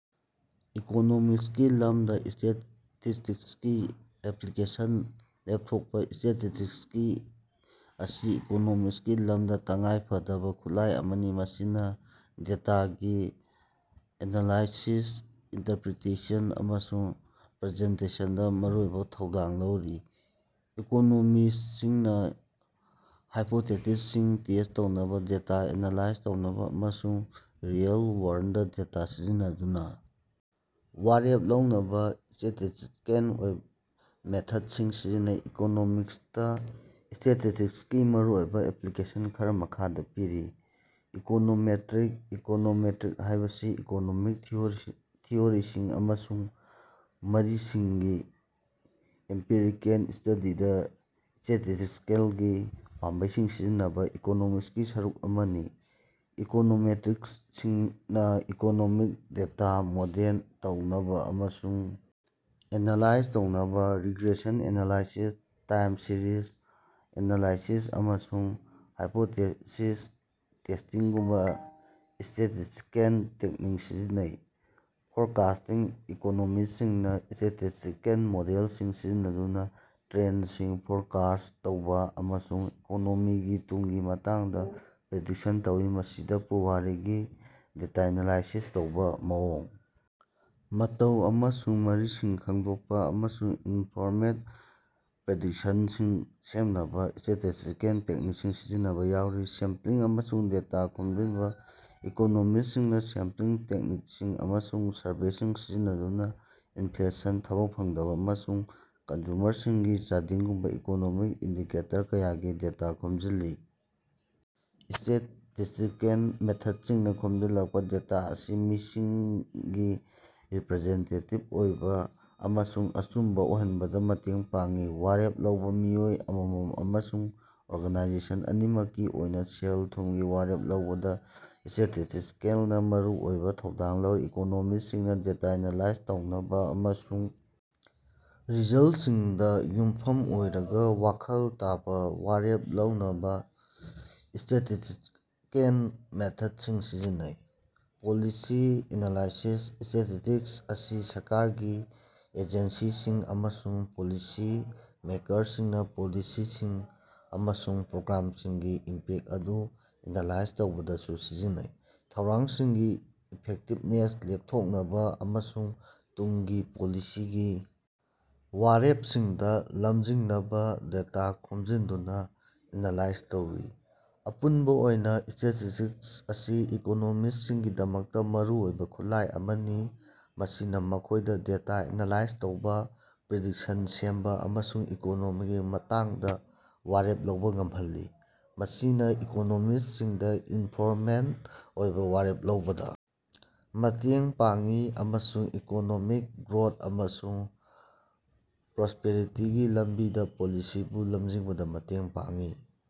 ꯏꯀꯣꯅꯣꯃꯤꯛꯁꯀꯤ ꯂꯝꯗ ꯁ꯭ꯇꯦꯇꯤꯁ꯭ꯇꯤꯛꯁꯀꯤ ꯑꯦꯄ꯭ꯂꯤꯀꯦꯁꯟ ꯂꯦꯞꯊꯣꯛꯄ꯫ ꯁ꯭ꯇꯦꯇꯤꯁ꯭ꯇꯤꯛꯁꯀꯤ ꯑꯁꯤ ꯏꯀꯣꯅꯣꯃꯤꯛꯁꯀꯤ ꯂꯝꯗ ꯇꯉꯥꯏ ꯐꯗꯕ ꯈꯨꯠꯂꯥꯏ ꯑꯃꯅꯤ, ꯃꯁꯤꯅ ꯗꯦꯇꯥꯒꯤ ꯑꯦꯅꯂꯥꯏꯁꯤꯁ, ꯏꯟꯇꯔꯄ꯭ꯔꯤꯇꯦꯁꯟ ꯑꯃꯁꯨꯡ ꯄ꯭ꯔꯖꯦꯟꯇꯦꯁꯟꯗ ꯃꯔꯨꯑꯣꯏꯕ ꯊꯧꯗꯥꯡ ꯂꯧꯔꯤ꯫ ꯏꯀꯣꯅꯣꯃꯤꯁꯁꯤꯡꯅ ꯍꯥꯏꯄꯣꯇꯦꯁꯤꯁꯁꯤꯡ ꯇꯦꯁ ꯇꯧꯅꯕ, ꯗꯦꯇꯥ ꯑꯦꯅꯥꯂꯥꯏꯖ ꯇꯧꯅꯕ ꯑꯃꯁꯨꯡ ꯔꯤꯑꯦꯜ-ꯋꯥꯔꯜꯗ ꯗꯦꯇꯥ ꯁꯤꯖꯤꯟꯅꯗꯨꯅ ꯋꯥꯔꯦꯞ ꯂꯧꯅꯕ ꯁ꯭ꯇꯦꯇꯤꯁꯇꯤꯀꯦꯜ ꯃꯦꯊꯗꯁꯤꯡ ꯁꯤꯖꯤꯟꯅꯩ꯫ ꯏꯀꯣꯅꯣꯃꯤꯛꯁꯇ ꯁ꯭ꯇꯦꯇꯤꯁꯇꯤꯛꯁꯀꯤ ꯃꯔꯨꯑꯣꯏꯕ ꯑꯦꯄ꯭ꯂꯤꯀꯦꯁꯟ ꯈꯔ ꯃꯈꯥꯗ ꯄꯤꯔꯤ: ꯏꯀꯣꯅꯣꯃꯦꯠꯔꯤꯛ: ꯏꯀꯣꯅꯣꯃꯦꯇ꯭ꯔꯤꯛ ꯍꯥꯏꯕꯁꯤ ꯏꯀꯣꯅꯣꯃꯤꯛ ꯊꯤꯑꯣꯔꯤꯁꯤꯡ ꯑꯃꯁꯨꯡ ꯃꯔꯤꯁꯤꯡꯒꯤ ꯑꯦꯝꯄꯤꯔꯤꯀꯦꯜ ꯁ꯭ꯇꯗꯤꯗ ꯁ꯭ꯇꯦꯇꯤꯁ꯭ꯇꯤꯀꯦꯜꯒꯤ ꯄꯥꯝꯕꯩꯁꯤꯡ ꯁꯤꯖꯤꯟꯅꯕ ꯏꯀꯣꯅꯣꯃꯤꯛꯁꯀꯤ ꯁꯔꯨꯛ ꯑꯃꯅꯤ꯫ ꯏꯀꯣꯅꯣꯃꯦꯇ꯭ꯔꯤꯛꯁꯤꯡꯅ ꯏꯀꯣꯅꯣꯃꯤꯛ ꯗꯦꯇꯥ ꯃꯣꯗꯦꯟ ꯇꯧꯅꯕ ꯑꯃꯁꯨꯡ ꯑꯦꯅꯥꯂꯥꯏꯖ ꯇꯧꯅꯕ regression analysis, time series analysis, ꯑꯃꯁꯨꯡ ꯍꯥꯏꯄꯣꯇꯦꯁꯤꯁ ꯇꯦꯁꯇꯤꯡꯒꯨꯝꯕ ꯁ꯭ꯇꯦꯇꯤꯁꯇꯤꯀꯦꯜ ꯇꯦꯛꯅꯤꯛꯁꯤꯡ ꯁꯤꯖꯤꯟꯅꯩ꯫ ꯐꯣꯔꯀꯥꯁꯇꯤꯡ: ꯏꯀꯣꯅꯣꯃꯤꯁꯁꯤꯡꯅ ꯁ꯭ꯇꯦꯇꯤꯁꯇꯤꯀꯦꯜ ꯃꯣꯗꯦꯜꯁꯤꯡ ꯁꯤꯖꯤꯟꯅꯗꯨꯅ ꯇ꯭ꯔꯦꯟꯁꯤꯡ ꯐꯣꯔꯀꯥꯁ꯭ꯠ ꯇꯧꯕ ꯑꯃꯁꯨꯡ ꯏꯀꯣꯅꯣꯃꯤꯒꯤ ꯇꯨꯡꯒꯤ ꯃꯇꯥꯡꯗ ꯄ꯭ꯔꯤꯗꯤꯛꯁꯟ ꯇꯧꯏ꯫ ꯃꯁꯤꯗ ꯄꯨꯋꯥꯔꯤꯒꯤ ꯗꯦꯇ ꯑꯦꯅꯥꯂꯥꯏꯖ ꯇꯧꯕ, ꯃꯑꯣꯡ ꯃꯇꯧ ꯑꯃꯁꯨꯡ ꯃꯔꯤꯁꯤꯡ ꯈꯪꯗꯣꯛꯄ, ꯑꯃꯁꯨꯡ ꯏꯟꯐꯣꯔꯃꯦꯗ ꯄꯦꯗꯤꯛꯁꯟꯁꯤꯡ ꯁꯦꯝꯅꯕ ꯁ꯭ꯇꯦꯇꯤꯁꯇꯤꯀꯦꯜ ꯇꯦꯛꯅꯤꯛꯁꯤꯡ ꯁꯤꯖꯤꯟꯅꯕ ꯌꯥꯎꯔꯤ꯫ ꯁꯦꯝꯄ꯭ꯂꯤꯡ ꯑꯃꯁꯨꯡ ꯗꯦꯇꯥ ꯈꯣꯝꯖꯤꯟꯕ: ꯏꯀꯣꯅꯣꯃꯤꯁꯁꯤꯡꯅ ꯁꯦꯝꯄ꯭ꯂꯤꯡ ꯇꯦꯛꯅꯤꯛꯁꯤꯡ ꯑꯃꯁꯨꯡ ꯁꯔꯚꯦꯁꯤꯡ ꯁꯤꯖꯤꯟꯅꯗꯨꯅ ꯏꯟꯐ꯭ꯂꯦꯁꯟ, ꯊꯕꯛ ꯐꯪꯗꯕ, ꯑꯃꯁꯨꯡ ꯀꯟꯖꯨꯃꯔꯁꯤꯡꯒꯤ ꯆꯥꯗꯤꯡꯒꯨꯝꯕ ꯏꯀꯣꯅꯣꯃꯤꯛ ꯏꯟꯗꯤꯀꯦꯇꯔ ꯀꯌꯥꯒꯤ ꯗꯦꯇꯥ ꯈꯣꯝꯖꯤꯜꯂꯤ꯫ ꯁ꯭ꯇꯦꯇꯤꯁꯇꯤꯀꯦꯜ ꯃꯦꯊꯗꯁꯤꯡꯅ ꯈꯣꯝꯖꯤꯜꯂꯛꯄ ꯗꯦꯇꯥ ꯑꯁꯤ ꯃꯤꯁꯤꯡꯒꯤ ꯔꯤꯄꯔꯖꯦꯟꯇꯦꯇꯤꯕ ꯑꯣꯏꯕ ꯑꯃꯁꯨꯡ ꯑꯆꯨꯝꯕ ꯑꯣꯏꯍꯟꯕꯗ ꯃꯇꯦꯡ ꯄꯥꯡꯏ꯫ ꯋꯥꯔꯦꯞ ꯂꯧꯕ: ꯃꯤꯑꯣꯏ ꯑꯃꯃꯝ ꯑꯃꯁꯨꯡ ꯑꯣꯔꯒꯅꯥꯏꯖꯦꯁꯟ ꯑꯅꯤꯃꯛꯀꯤ ꯑꯣꯏꯅ ꯁꯦꯜ-ꯊꯨꯃꯒꯤ ꯋꯥꯔꯦꯞ ꯂꯧꯕꯗ ꯁ꯭ꯇꯦꯇꯤꯁꯇꯤꯀꯦꯜꯅ ꯃꯔꯨꯑꯣꯏꯕ ꯊꯧꯗꯥꯡ ꯂꯧꯔꯤ꯫ ꯏꯀꯣꯅꯣꯃꯤꯁꯁꯤꯡꯅ ꯗꯦꯇꯥ ꯑꯦꯅꯥꯂꯥꯏꯖ ꯇꯧꯅꯕ ꯑꯃꯁꯨꯡ ꯔꯤꯖꯜꯇꯁꯤꯡꯗ ꯌꯨꯝꯐꯝ ꯑꯣꯏꯔꯒ ꯋꯥꯈꯜ ꯇꯥꯕ ꯋꯥꯔꯦꯞ ꯂꯧꯅꯕ ꯁ꯭ꯇꯦꯇꯤꯁꯇꯤꯀꯦꯟ ꯃꯦꯊꯗꯁꯤꯡ ꯁꯤꯖꯤꯟꯅꯩ꯫ ꯄꯣꯂꯤꯁꯤ ꯑꯦꯅꯥꯂꯥꯏꯁꯤꯁ: ꯁ꯭ꯇꯦꯇꯤꯁꯇꯤꯛꯁ ꯑꯁꯤ ꯁꯔꯀꯥꯔꯒꯤ ꯑꯦꯖꯦꯟꯁꯤꯁꯤꯡ ꯑꯃꯁꯨꯡ ꯄꯣꯂꯤꯁꯤ ꯃꯦꯛꯔꯁꯤꯡꯅ ꯄꯣꯂꯤꯁꯤꯁꯤꯡ ꯑꯃꯁꯨꯡ ꯄ꯭ꯔꯣꯒ꯭ꯔꯥꯝꯁꯤꯡꯒꯤ ꯏꯝꯄꯦꯛ ꯑꯗꯨ ꯑꯦꯅꯥꯂꯥꯏꯖ ꯇꯧꯕꯗꯁꯨ ꯁꯤꯖꯤꯟꯅꯩ꯫ ꯊꯧꯔꯥꯡꯁꯤꯡꯒꯤ ꯏꯐꯦꯛꯇꯤꯕꯅꯦꯁ ꯂꯦꯞꯊꯣꯛꯅꯕ ꯑꯃꯁꯨꯡ ꯇꯨꯡꯒꯤ ꯄꯣꯂꯤꯁꯤꯒꯤ ꯋꯥꯔꯦꯄꯁꯤꯡꯗ ꯂꯝꯖꯤꯡꯅꯕ ꯗꯦꯇꯥ ꯈꯣꯝꯖꯤꯟꯗꯨꯅ ꯑꯦꯅꯥꯂꯥꯏꯖ ꯇꯧꯏ꯫ ꯑꯄꯨꯟꯕ ꯑꯣꯏꯅ ꯁ꯭ꯇꯦꯇꯤꯁꯇꯤꯛꯁ ꯑꯁꯤ ꯏꯀꯣꯅꯣꯃꯤꯁꯁꯤꯡꯒꯤꯗꯃꯛꯇ ꯃꯔꯨꯑꯣꯏꯕ ꯈꯨꯠꯂꯥꯏ ꯑꯃꯅꯤ, ꯃꯁꯤꯅ ꯃꯈꯣꯏꯗ ꯗꯦꯇꯥ ꯑꯦꯅꯥꯂꯥꯏꯖ ꯇꯧꯕ, ꯄ꯭ꯔꯤꯗꯤꯛꯁꯟ ꯁꯦꯝꯕ ꯑꯃꯁꯨꯡ ꯏꯀꯣꯅꯣꯃꯤꯒꯤ ꯃꯇꯥꯡꯗ ꯋꯥꯔꯦꯞ ꯂꯧꯕ ꯉꯝꯍꯜꯂꯤ꯫ ꯃꯁꯤꯅ ꯏꯀꯣꯅꯣꯃꯤꯁꯁꯤꯡꯗ ꯏꯟꯐꯣꯔꯃꯦꯟꯗ ꯑꯣꯏꯕ ꯋꯥꯔꯦꯞ ꯂꯧꯕꯗ ꯃꯇꯦꯡ ꯄꯥꯡꯏ ꯑꯃꯁꯨꯡ ꯏꯀꯣꯅꯣꯃꯤꯛ ꯒ꯭ꯔꯣꯊ ꯑꯃꯁꯨꯡ ꯄ꯭ꯔꯣꯁꯄꯦꯔꯤꯇꯤꯒꯤ ꯂꯝꯕꯤꯗ ꯄꯣꯂꯤꯁꯤꯕꯨ ꯂꯝꯖꯤꯡꯕꯗ ꯃꯇꯦꯡ ꯄꯥꯡꯏ꯫